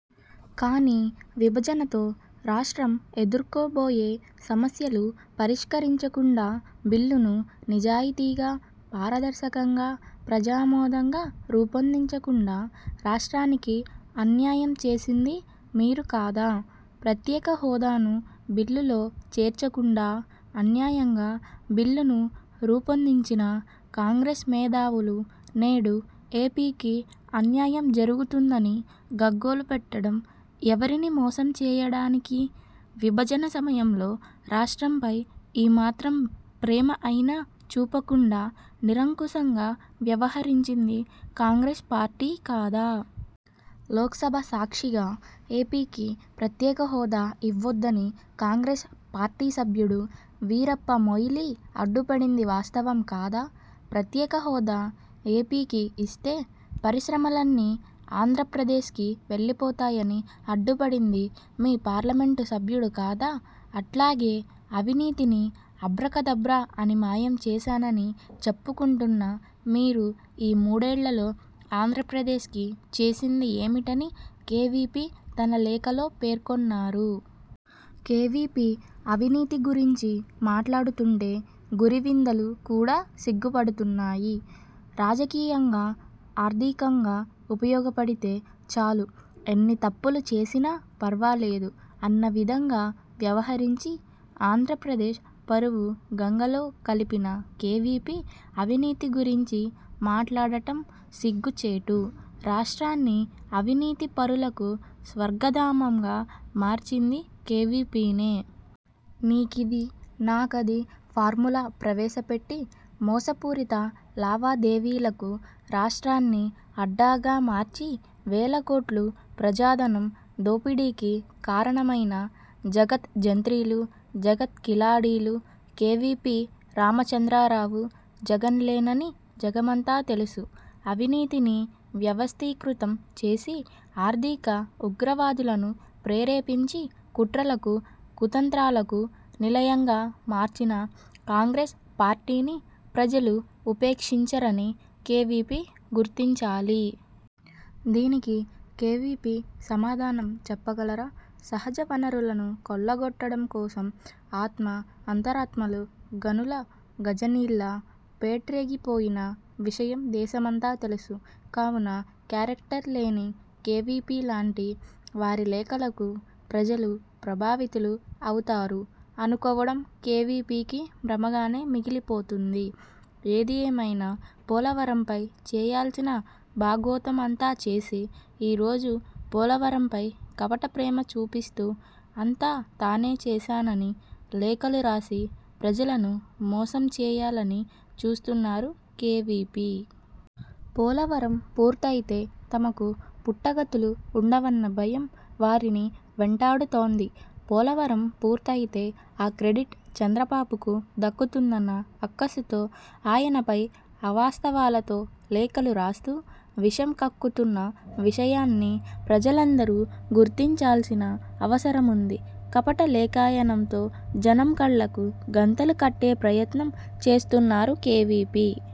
కానీ విభజనతో రాష్ట్రం ఎదుర్కొబోయే సమస్యలు పరిష్కరించకుండా బిల్లును నిజాయితీగా, పారదర్శకంగా, ప్రజామోదంగా రూపొందించకుండా రాష్ట్రానికి అన్యాయం చేసింది మీరు కాదా? ప్రత్యేకహోదాను బిల్లులో చేర్చకుండా అన్యాయంగా బిల్లును రూపొందించిన కాంగ్రెస్ మేధావులు నేడు ఏపీకి అన్యాయం జరుగుతుందని గగ్గోలుపెట్టడం ఎవరిని మోసం చేయడానికి? విభజన సమయంలో రాష్ట్రంపై ఈ మాత్రం ప్రేమ అయినా చూపకుండా నిరంకుశంగా వ్యవహరించింది కాంగ్రెస్ పార్టీ కాదా? లోక్సభ సాక్షిగా ఏపీకి ప్రత్యేకహోదా ఇవ్వొద్దని కాంగ్రెస్ పార్టీ సభ్యుడు వీరప్ప మొయిలీ అడ్డుపడింది వాస్తవం కాదా? ప్రత్యేకహోదా ఏపీకి ఇస్తే పరిశ్రమలన్నీ ఆంధ్రప్రదేశ్కి వెళ్లిపోతాయని అడ్డుపడింది మీ పార్లమెంటు సభ్యుడు కాదా? అట్లాగే అవినీతిని అభ్రకదభ్ర అని మాయం చేశానని చెప్పుకుంటున్న మీరు ఈ మూడేళ్లలో ఆంధ్రప్రదేశ్కి చేసింది ఏమిటని కేవీపీ తన లేఖలో పేర్కొన్నారు. కేవీపీ అవినీతి గురించి మాట్లాడుతుంటే గురివిందలు కూడా సిగ్గుపడుతున్నాయి. రాజకీయంగా, ఆర్థికంగా ఉపయోగపడితే చాలు ఎన్ని తప్పులు చేసినా పర్వాలేదు అన్న విధంగా వ్యవహరించి ఆంధ్రప్రదేశ్ పరువు గంగలో కలిపిన కేవీపీ అవినీతి గురించి మాట్లాడటం సిగ్గుచేటు. రాష్ట్రాన్ని అవినీతి పరులకు స్వర్గధామంగా మార్చింది కేవీపీనే. నీకిది, నాకది ఫార్ములా ప్రవేశపెట్టి మోసపూరిత లావాదేవీలకు రాష్ట్రాన్ని అడ్డాగా మార్చి వేలకోట్లు ప్రజాధనం దోపిడీకి కారణమైన జగత్ జంత్రీలు, జగత్కిలాడీలు కేవీపీ రామచంద్రరావు, జగన్ లేనని జగమంతా తెలుసు. అవినీతిని వ్యవస్థీకృతం చేసి ఆర్థిక ఉగ్రవాదులను ప్రేరేపించి కుట్రలకు, కుతంత్రాలకు నిలయంగా మార్చిన కాంగ్రెస్ పార్టీని ప్రజలు ఉపేక్షించరని కేవీపీ గుర్తించాలి. దీనికి కేవీపీ సమాధానం చెప్పగలరా? సహజ వనరులను కొల్లగొట్టడం కోసం ఆత్మ, అంతరాత్మలు గనుల గజనీల్లా పేట్రేగిపోయిన విషయం దేశమంతా తెలుసు. కావున క్యారెక్టర్ లేని కేవీపీ లాంటి వారి లేఖలకు ప్రజలు ప్రభావితులు అవుతారు అనుకోవడం కేవీపీకి భ్రమగానే మిగిలిపోతుంది. ఏది ఏమైనా పోలవరంపై చేయాల్సిన బాగోతం అంతా చేసి ఈ రోజు పోలవరంపై కపట ప్రేమ చూపిస్తూ అంతా తానే చేశానని లేఖలు రాసి ప్రజలను మోసం చేయాలని చూస్తున్నారు కేవీపీ. పోలవరం పూర్తయితే తమకు పుట్టగతులు ఉండవన్న భయం వారిని వెంటాడుతోంది. పోలవరం పూర్తయితే ఆ క్రెడిట్ చంద్రబాబుకు దక్కుతుందన్న అక్కసుతో ఆయనపై అవాస్తవాలతో లేఖలు రాస్తూ విషం కక్కుతున్న విషయాన్ని ప్రజలందరూ గుర్తించాల్సిన అవసరముంది. కపట లేఖాయనంతో జనం కళ్లకు గంతలు కట్టే ప్రయత్నం చేస్తున్నారు కేవీపీ.